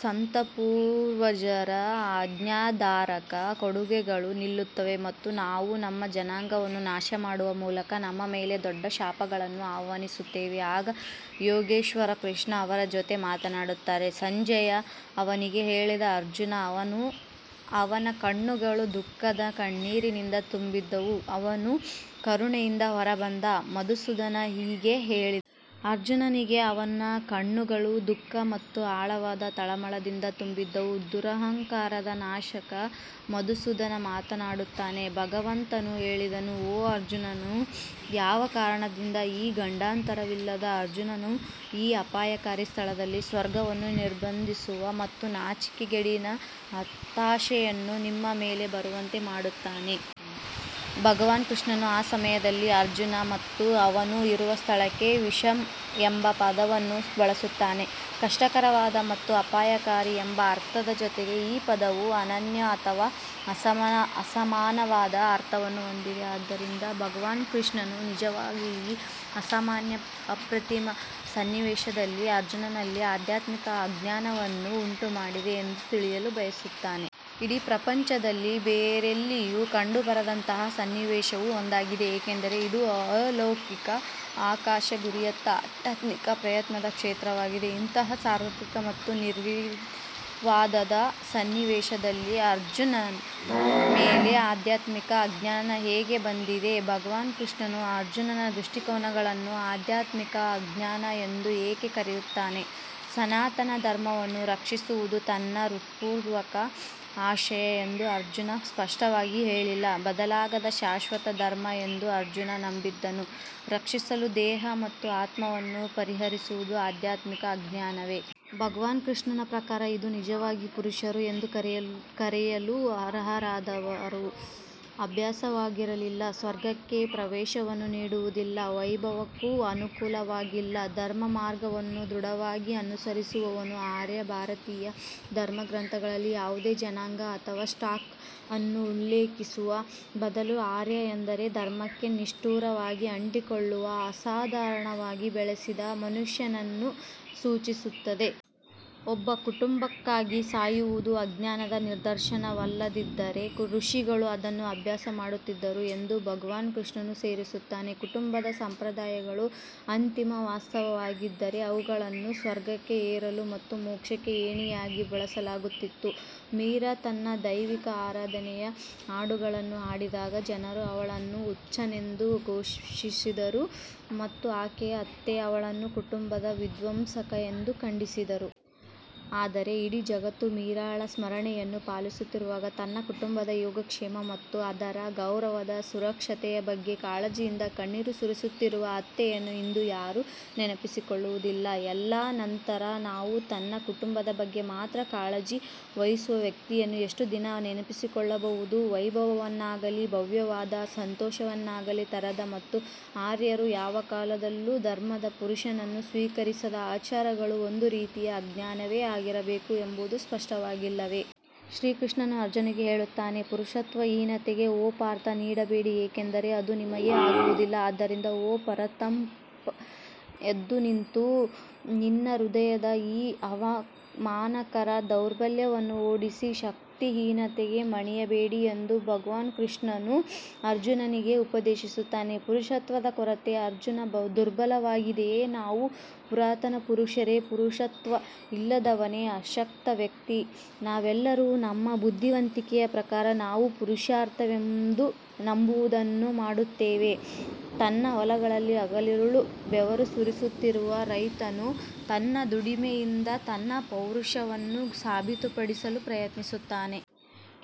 ಸತ್ತ ಪೂರ್ವಜರ ಆಜ್ಞಾಧಾರಕ ಕೊಡುಗೆಗಳು ನಿಲ್ಲುತ್ತವೆ ಮತ್ತು ನಾವು ನಮ್ಮ ಜನಾಂಗವನ್ನು ನಾಶಮಾಡುವ ಮೂಲಕ ನಮ್ಮ ಮೇಲೆ ದೊಡ್ಡ ಶಾಪಗಳನ್ನು ಆಹ್ವಾನಿಸುತ್ತೇವೆ ಆಗ ಯೋಗೇಶ್ವರ್ ಕೃಷ್ಣ ಅವರ ಜೊತೆ ಮಾತನಾಡುತ್ತಾರೆ ಸಂಜಯ್ ಅವನಿಗೆ ಹೇಳಿದ ಅರ್ಜುನ್ ಅವನ ಕಣ್ಣುಗಳು ದುಃಖದ ಕಣ್ಣೀರಿನಿಂದ ತುಂಬಿದ್ದವು, ಅವನು ಕರುಣೆಯಿಂದ ಹೊರಬಂದ ಮಧುಸೂದನ್ ಹೀಗೆ ಹೇಳಿದನು. ಅರ್ಜುನನಿಗೆ ಅವನ ಕಣ್ಣುಗಳು ದುಃಖ ಮತ್ತು ಆಳವಾದ ತಳಮಳದಿಂದ ತುಂಬಿದ್ದವು, ದುರಹಂಕಾರದ ನಾಶಕ ಮಧುಸೂದನ್ ಮಾತನಾಡುತ್ತಾನೆ. ಭಗವಂತನು ಹೇಳಿದನು ಓ ಅರ್ಜುನನು ಯಾವ ಕಾರಣದಿಂದ ಈ ಗಂಡಾಂತರವಿಲ್ಲದ ಅರ್ಜುನನು ಈ ಅಪಾಯಕಾರಿ ಸ್ಥಳದಲ್ಲಿ ಸ್ವರ್ಗವನ್ನು ನಿರ್ಬಂಧಿಸುವ ಮತ್ತು ನಾಚಿಕೆಗೇಡಿನ ಹತಾಶೆಯನ್ನು ನಿಮ್ಮ ಮೇಲೆ ಬರುವಂತೆ ಮಾಡುತ್ತಾನೆ ಭಗವಾನ್ ಕೃಷ್ಣನು ಆ ಸಮಯದಲ್ಲಿ ಅರ್ಜುನ್ ಮತ್ತು ಅವನು ಇರುವ ಸ್ಥಳಕ್ಕೆ ವಿಷಮ್ ಎಂಬ ಪದವನ್ನು ಬಳಸುತ್ತಾನೆ ಕಷ್ಟಕರವಾದ ಅಥವಾ ಅಪಾಯಕಾರಿ ಎಂಬ ಅರ್ಥದ ಜೊತೆಗೆ ಈ ಪದವು ಅನನ್ಯ ಅಥವಾ ಅಸಮಾನವಾದ ಅರ್ಥವನ್ನು ಹೊಂದಿದೆ ಆದ್ದರಿಂದ ಭಗವಾನ್ ಕೃಷ್ಣನು ನಿಜವಾಗಿಯೂ ಈ ಅಸಾಮಾನ್ಯ ಅಪ್ರತಿಮ ಸನ್ನಿವೇಶದಲ್ಲಿ ಅರ್ಜುನನಲ್ಲಿ ಆಧ್ಯಾತ್ಮಿಕ ಅಜ್ಞಾನವನ್ನು ಉಂಟುಮಾಡಿದೆ ಎಂದು ತಿಳಿಯಲು ಬಯಸುತ್ತಾನೆ. ಇಡೀ ಪ್ರಪಂಚದಲ್ಲಿ ಬೇರೆಲ್ಲಿಯೂ ಕಂಡುಬರದಂತಹ ಸನ್ನಿವೇಶವು ಒಂದಾಗಿದೆ ಏಕೆಂದರೆ ಇದು ಅಲೌಕಿಕ ಆಕಾಶ ಗುರಿಯತ್ತ ಆಧ್ಯಾತ್ಮಿಕ ಪ್ರಯತ್ನದ ಕ್ಷೇತ್ರವಾಗಿದೆ. ಇಂತಹ ಸಾರ್ವತ್ರಿಕ ಮತ್ತು ನಿರ್ವಿವಾದದ ಸನ್ನಿವೇಶದಲ್ಲಿ ಅರ್ಜುನ್ನ ಮೇಲೆ ಆಧ್ಯಾತ್ಮಿಕ ಅಜ್ಞಾನ ಹೇಗೆ ಬಂದಿದೆ ಭಗವಾನ್ ಕೃಷ್ಣನು ಅರ್ಜುನನ ದೃಷ್ಟಿಕೋನಗಳನ್ನು ಆಧ್ಯಾತ್ಮಿಕ ಅಜ್ಞಾನ ಎಂದು ಏಕೆ ಕರೆಯುತ್ತಾನೆ ಸನಾತನ ಧರ್ಮವನ್ನು ರಕ್ಷಿಸುವುದು ತನ್ನ ಹೃತ್ಪೂರ್ವಕ ಆಶಯ ಎಂದು ಅರ್ಜುನ್ ಸ್ಪಷ್ಟವಾಗಿ ಹೇಳಿಲ್ಲ ಬದಲಾಗದ ಶಾಶ್ವತ ಧರ್ಮ ಎಂದು ಅರ್ಜುನ್ ನಂಬಿದ್ದನ್ನು ರಕ್ಷಿಸಲು ದೇಹ ಮತ್ತು ಆತ್ಮವನ್ನು ಪರಿಹರಿಸುವುದು ಆಧ್ಯಾತ್ಮಿಕ ಅಜ್ಞಾನವೇ? ಭಗವಾನ್ ಕೃಷ್ಣನ ಪ್ರಕಾರ ಇದು ನಿಜವಾಗಿ ಪುರುಷರು ಎಂದು ಕರೆಯಲು ಅರ್ಹರಾದವರ ಅಭ್ಯಾಸವಾಗಿರಲಿಲ್ಲ. ಸ್ವರ್ಗಕ್ಕೆ ಪ್ರವೇಶವನ್ನೂ ನೀಡುವುದಿಲ್ಲ ವೈಭವಕ್ಕೂ ಅನುಕೂಲವಾಗಿಲ್ಲ ಧರ್ಮಮಾರ್ಗವನ್ನು ದೃಢವಾಗಿ ಅನುಸರಿಸುವವನು ಆರ್ಯ ಭಾರತೀಯ ಧರ್ಮಗ್ರಂಥಗಳಲ್ಲಿ ಯಾವುದೇ ಜನಾಂಗ ಅಥವಾ ಸ್ಟಾಕ್ ಅನ್ನು ಉಲ್ಲೇಖಿಸುವ ಬದಲು ಆರ್ಯ ಎಂದರೆ ಧರ್ಮಕ್ಕೆ ನಿಷ್ಠುರವಾಗಿ ಅಂಟಿಕೊಳ್ಳುವ ಅಸಾಧಾರಣವಾಗಿ ಬೆಳೆಸಿದ ಮನುಷ್ಯನನ್ನು ಸೂಚಿಸುತ್ತದೆ. ಒಬ್ಬ ಕುಟುಂಬಕ್ಕಾಗಿ ಸಾಯುವುದು ಅಜ್ಞಾನದ ನಿದರ್ಶನವಲ್ಲದಿದ್ದರೆ ಋಷಿಗಳು ಅದನ್ನು ಅಭ್ಯಾಸ ಮಾಡುತ್ತಿದ್ದರು ಎಂದು ಭಗವಾನ್ ಕೃಷ್ಣನು ಸೇರಿಸುತ್ತಾನೆ. ಕುಟುಂಬದ ಸಂಪ್ರದಾಯಗಳು ಅಂತಿಮ ವಾಸ್ತವವಾಗಿದ್ದರೆ ಅವುಗಳನ್ನು ಸ್ವರ್ಗಕ್ಕೆ ಏರಲು ಮತ್ತು ಮೋಕ್ಷಕ್ಕೆ ಏಣಿಯಾಗಿ ಬಳಸಲಾಗುತ್ತಿತ್ತು ಮೀರಾ ತನ್ನ ದೈವಿಕ ಆರಾಧನೆಯ ಹಾಡುಗಳನ್ನು ಹಾಡಿದಾಗ ಜನರು ಅವಳನ್ನು ಹುಚ್ಚನೆಂದು ಘೋಷಿಸಿದರು ಮತ್ತು ಆಕೆಯ ಅತ್ತೆ ಅವಳನ್ನು ಕುಟುಂಬದ ವಿಧ್ವಂಸಕ ಎಂದು ಖಂಡಿಸಿದರು. ಆದರೆ ಇಡೀ ಜಗತ್ತು ಮೀರಾಳ ಸ್ಮರಣೆಯನ್ನು ಪಾಲಿಸುತ್ತಿರುವಾಗ ತನ್ನ ಕುಟುಂಬದ ಯೋಗಕ್ಷೇಮ ಮತ್ತು ಅದರ ಗೌರವದ ಸುರಕ್ಷತೆಯ ಬಗ್ಗೆ ಕಾಳಜಿಯಿಂದ ಕಣ್ಣೀರು ಸುರಿಸುತ್ತಿರುವ ಅತ್ತೆಯನ್ನು ಇಂದು ಯಾರೂ ನೆನಪಿಸಿಕೊಳ್ಳುವುದಿಲ್ಲ. ಎಲ್ಲಾ ನಂತರ ನಾವು ತನ್ನ ಕುಟುಂಬದ ಬಗ್ಗೆ ಮಾತ್ರ ಕಾಳಜಿ ವಹಿಸುವ ವ್ಯಕ್ತಿಯನ್ನು ಎಷ್ಟು ದಿನ ನೆನಪಿಸಿಕೊಳ್ಳಬಹುದು ವೈಭವವನ್ನಾಗಲಿ, ಭವ್ಯವಾದ ಸಂತೋಷವನ್ನಾಗಲಿ ತರದ ಮತ್ತು ಆರ್ಯರು ಯಾವ ಕಾಲದಲ್ಲೂ ಧರ್ಮದ ಪುರುಷನನ್ನು ಸ್ವೀಕರಿಸದ ಆಚಾರಗಳು ಒಂದು ರೀತಿಯ ಅಜ್ಞಾನವೇ ಆಗಿರಬೇಕು ಎಂಬುದು ಸ್ಪಷ್ಟವಾಗಿಲ್ಲವೇ? ಶ್ರೀಕೃಷ್ಣನು ಅರ್ಜುನನಿಗೆ ಹೇಳುತ್ತಾನೆ ಪುರುಷತ್ವಹೀನತೆಗೆ ಓ ಪಾರ್ಥ್ ನೀಡಬೇಡಿ ಏಕೆಂದರೆ ಅದು ನಿಮಗೆ ಆಗುವುದಿಲ್ಲ ಆದ್ದರಿಂದ ಓ ಪರಂತಪ್ ಎದ್ದುನಿಂತು ನಿನ್ನ ಹೃದಯದ ಈ ಅವಮಾನಕರ ದೌರ್ಬಲ್ಯವನ್ನು ಓಡಿಸಿ ಶಕ್ತಿಹೀನತೆಗೆ ಮಣಿಯಬೇಡಿ ಎಂದು ಭಗವಾನ್ ಕೃಷ್ಣನು ಅರ್ಜುನನಿಗೆ ಉಪದೇಶಿಸುತ್ತಾನೆ ಪುರುಷತ್ವದ ಕೊರತೆ ಅರ್ಜುನ್ ದುರ್ಬಲವಾಗಿದೆಯೇ ನಾವು ಪುರಾತನ ಪುರುಷರೇ ಪುರುಷತ್ವ ಇಲ್ಲದವನೇ ಅಶಕ್ತ ವ್ಯಕ್ತಿ ನಾವೆಲ್ಲರೂ ನಮ್ಮ ಬುದ್ಧಿವಂತಿಕೆಯ ಪ್ರಕಾರ ನಾವು ಪುರುಷಾರ್ಥವೆಂದು ನಂಬುವದನ್ನು ಮಾಡುತ್ತೇವೆ ತನ್ನ ಹೊಲಗಳಲ್ಲಿ ಹಗಲಿರುಳು ಬೆವರು ಸುರಿಸುತ್ತಿರುವ ರೈತನು ತನ್ನ ದುಡಿಮೆಯಿಂದ ತನ್ನ ಪೌರುಷವನ್ನು ಸಾಬೀತುಪಡಿಸಲು ಪ್ರಯತ್ನಿಸುತ್ತಾನೆ.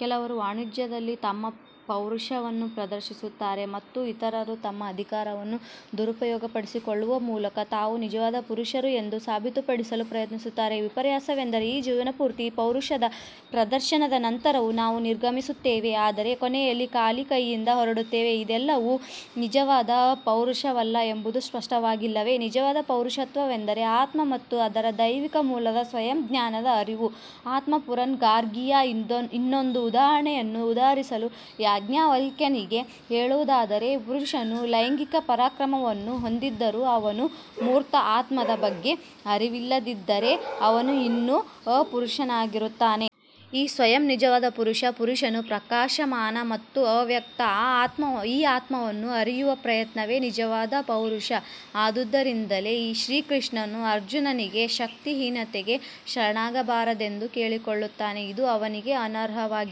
ಕೆಲವರು ವಾಣಿಜ್ಯದಲ್ಲಿ ತಮ್ಮ ಪೌರುಷವನ್ನು ಪ್ರದರ್ಶಿಸುತ್ತಾರೆ ಮತ್ತು ಇತರರು ತಮ್ಮ ಅಧಿಕಾರವನ್ನು ದುರುಪಯೋಗಪಡಿಸಿಕೊಳ್ಳುವ ಮೂಲಕ ತಾವು ನಿಜವಾದ ಪುರುಷರು ಎಂದು ಸಾಬೀತುಪಡಿಸಲು ಪ್ರಯತ್ನಿಸುತ್ತಾರೆ. ವಿಪರ್ಯಾಸವೆಂದರೆ ಈ ಜೀವನಪೂರ್ತಿ ಪೌರುಷದ ಪ್ರದರ್ಶನದ ನಂತರವೂ ನಾವು ನಿರ್ಗಮಿಸುತ್ತೇವೆ ಆದರೆ ಕೊನೆಯಲ್ಲಿ ಖಾಲಿ ಕೈಯಿಂದ ಹೊರಡುತ್ತೇವೆ ಇದೆಲ್ಲವೂ ನಿಜವಾದ ಪೌರುಷವಲ್ಲ ಎಂಬುದು ಸ್ಪಷ್ಟವಾಗಿಲ್ಲವೇ ನಿಜವಾದ ಪುರುಷತ್ವವೆಂದರೆ ಆತ್ಮ ಮತ್ತು ಅದರ ದೈವಿಕ ಮೂಲದ ಸ್ವಯಂ ಜ್ಞಾನದ ಅರಿವು ಆತ್ಮಪುರನ್ ಗಾರ್ಗಿಯ ಇನ್ನೊಂದು ಉದಾಹರಣೆಯನ್ನು ಉದಾಹರಿಸಲು ಯಾಜ್ಞವಲ್ಕ್ಯನಿಗೆ ಹೇಳುವುದಾದರೆ, ಪುರುಷನು ಲೈಂಗಿಕ ಪರಾಕ್ರಮವನ್ನು ಹೊಂದಿದ್ದರೂ ಅವನು ಮೂರ್ತ ಆತ್ಮದ ಬಗ್ಗೆ ಅರಿವಿಲ್ಲದಿದ್ದರೆ ಅವನು ಇನ್ನೂ ಅಪುರುಷನಾಗಿರುತ್ತಾನೆ. ಈ ಸ್ವಯಂ ನಿಜವಾದ ಪುರುಷ ಪುರುಷನು ಪ್ರಕಾಶಮಾನ ಮತ್ತು ಅವ್ಯಕ್ತ ಈ ಆತ್ಮವನ್ನು ಅರಿಯುವ ಪ್ರಯತ್ನವೇ ನಿಜವಾದ ಪೌರುಷ ಆದುದರಿಂದಲೇ ಶ್ರೀಕೃಷ್ಣನು ಅರ್ಜುನನಿಗೆ ಶಕ್ತಿಹೀನತೆಗೆ ಶರಣಾಗಬಾರದೆಂದು ಕೇಳಿಕೊಳ್ಳುತ್ತಾನೆ ಇದು ಅವನಿಗೆ ಅನರ್ಹವಾಗಿದೆ.